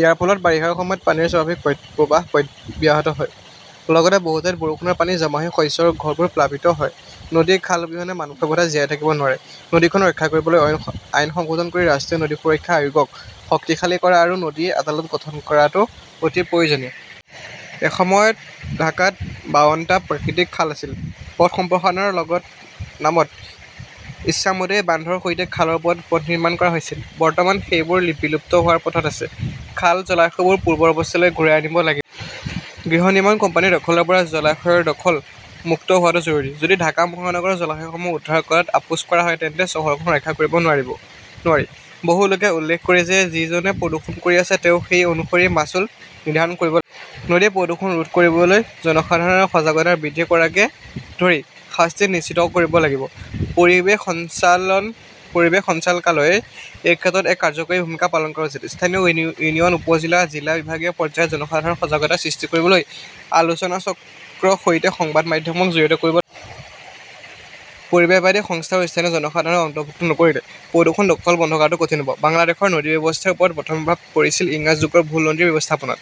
ইয়াৰ ফলত বাৰিষাৰ সময়ত পানীৰ স্বাভাৱিক প্ৰৱাহ ব্যাহত হয়, লগতে বহু ঠাইত বৰষুণৰ পানী জমা হৈ শস্য আৰু ঘৰবোৰ প্লাবিত হয়। নদী-খাল অবিহনে মানৱ সভ্যতা জীয়াই থাকিব নোৱাৰে। নদীখন ৰক্ষা কৰিবলৈ আইন সংশোধন কৰি ৰাষ্ট্ৰীয় নদী সুৰক্ষা আয়োগক শক্তিশালী কৰা আৰু নদী আদালত গঠন কৰাটো অতি প্ৰয়োজনীয়। এসময়ত ঢাকাত বাৱন টা প্ৰাকৃতিক খাল আছিল। পথ সম্প্ৰসাৰণৰ নামত ইচ্ছামতেই বান্ধৰ সৈতে খালৰ ওপৰত পথ নিৰ্মাণ কৰা হৈছিল । বৰ্তমান সেইবোৰ বিলুপ্ত হোৱাৰ পথত আছে। খাল, জলাশয়বোৰ পূৰ্বৰ অৱস্থালৈ ঘূৰাই আনিব লাগিব। গৃহ নিৰ্মাণ কোম্পানীৰ দখলৰ পৰা জলাশয়ৰ দখল মুক্ত হোৱাটো জৰুৰী। যদি ঢাকা মহানগৰৰ জলাশয়সমূহ উদ্ধাৰ কৰাত আপোচ কৰা হয় তেন্তে চহৰখন ৰক্ষা কৰিব নোৱাৰি। বহু লোকে উল্লেখ কৰে যে যিজনে প্ৰদূষণ কৰি আছে তেওঁ সেই অনুসৰি মাচুল নিৰ্ধাৰণ কৰিব লাগিব। নদী প্ৰদূষণ প্ৰতিৰোধ কৰিবলৈ জনসাধাৰণৰ সজাগতা বৃদ্ধি কৰাকে ধৰি শাস্তি নিশ্চিত কৰিব লাগিব। পৰিৱেশ সঞ্চালকালয়ই এই ক্ষেত্ৰত এক কাৰ্যকৰী ভূমিকা পালন কৰা উচিত। স্থানীয় ইউনিয়ন, উপ-জিলা, জিলা, বিভাগীয় পৰ্যায়ত জনসাধাৰণৰ সজাগতা সৃষ্টি কৰিবলৈ আলোচনাচক্ৰ সৈতে সংবাদ মাধ্যমক জড়িত কৰিব লাগিব। পৰিৱেশবাদী সংস্থা আৰু স্থানীয় জনসাধাৰণক অন্তৰ্ভুক্ত নকৰিলে প্ৰদূষণ দখল বন্ধ কৰাটো কঠিন হব। বাংলাদেশৰ নদী ব্যৱস্থাৰ ওপৰত প্ৰথম প্ৰভাৱ পৰিছিল ইংৰাজ যুগৰ ভুল নদী ব্যৱস্থাপনাত।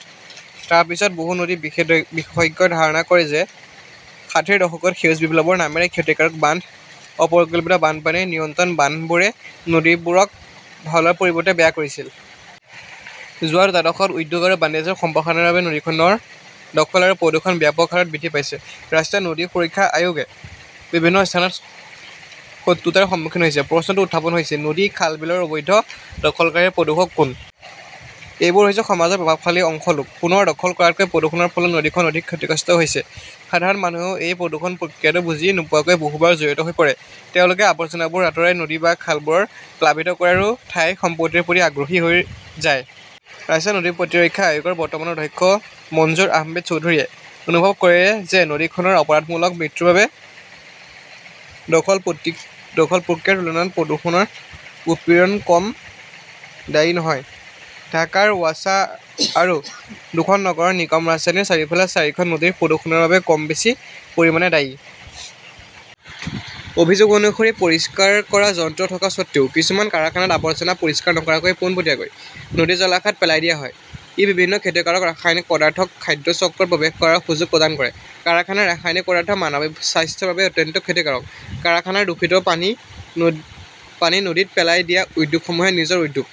তাৰ পিছত বহু নদী বিশেষজ্ঞই ধাৰণা কৰে যে ষাঠিৰ দশকত সেউজ বিপ্লৱৰ নামেৰে ক্ষতিকাৰক বান্ধ, অপৰিকল্পিত বানপানী নিয়ন্ত্ৰণ বান্ধবোৰে নদীবোৰক ভালৰ পৰিৱৰ্তে বেয়া কৰিছিল। যোৱা দুটা দশকত উদ্যোগ আৰু বাণিজ্যৰ সম্প্ৰসাৰণৰ বাবে নদীখনৰ দখল আৰু প্ৰদূষণ ব্যাপক হাৰত বৃদ্ধি হৈছে। ৰাষ্ট্ৰীয় নদী সুৰক্ষা আয়োগে বিভিন্ন স্থানত শত্ৰুতাৰ সন্মুখীন হৈছে। প্ৰশ্নটো উত্থাপন হৈছে-নদী ,খাল, বিলৰ অবৈধ দখলকাৰী আৰু প্ৰদূষক কোন? এইবোৰ হৈছে সমাজৰ প্ৰভাৱশালী অংশ লোক। পুনৰ দখল কৰাতকৈ প্ৰদূষণৰ ফলত নদীখন অধিক ক্ষতিগ্ৰস্ত হৈছে। সাধাৰণ মানুহেও এই প্ৰদূষণ প্ৰক্ৰিয়াটো বুজি নোপোৱাকৈ বহুবাৰ জড়িত হৈ পৰে। তেওঁ লোকে আৱৰ্জনাবোৰ আঁতৰাই নদী বা খালবোৰ প্লাবিত কৰে আৰু ঠাই-সম্পত্তিৰ প্ৰতি আগ্ৰহী হৈ যায়। ৰাষ্ট্ৰীয় নদী প্ৰতিৰক্ষা আয়োগৰ বৰ্তমানৰ অধ্যক্ষ মঞ্জুৰ আহমেদ চৌধুৰীয়ে অনুভৱ কৰে যে নদীখনৰ অপৰাধমূলক মৃত্যুৰ বাবে দখল প্ৰক্ৰিয়াৰ তুলনাত প্ৰদূষণৰ উৎপীড়ন কম দায়ী নহয়। ঢাকাৰ ৱাছা আৰু দুখন নগৰ নিগম ৰাজধানীৰ চাৰিওফালে চাৰিখন নদীৰ প্ৰদূষণৰ বাবে কম বেছি পৰিমাণে দায়ী। অভিযোগ অনুসৰি, পৰিষ্কাৰ কৰা যন্ত্ৰ থকা স্বত্বেও, কিছুমান কাৰখানাত আৱৰ্জনা পৰিষ্কাৰ নকৰাকৈ পোনপটীয়াকৈ নদী-জলাশয়ত পেলাই দিয়া হয়। ই বিভিন্ন ক্ষতিকাৰক ৰাসায়নিক পদাৰ্থক খাদ্য চক্ৰত প্ৰৱেশ কৰাৰ সুযোগ প্ৰদান কৰে। কাৰখানাৰ ৰাসায়নিক পদাৰ্থ মানৱ স্বাস্থ্যৰ বাবে অত্যন্ত ক্ষতিকাৰক । কাৰখানাৰ দূষিত পানী নদীত পেলাই দিয়া উদ্যোগসমূহে নিজৰ উদ্যোগ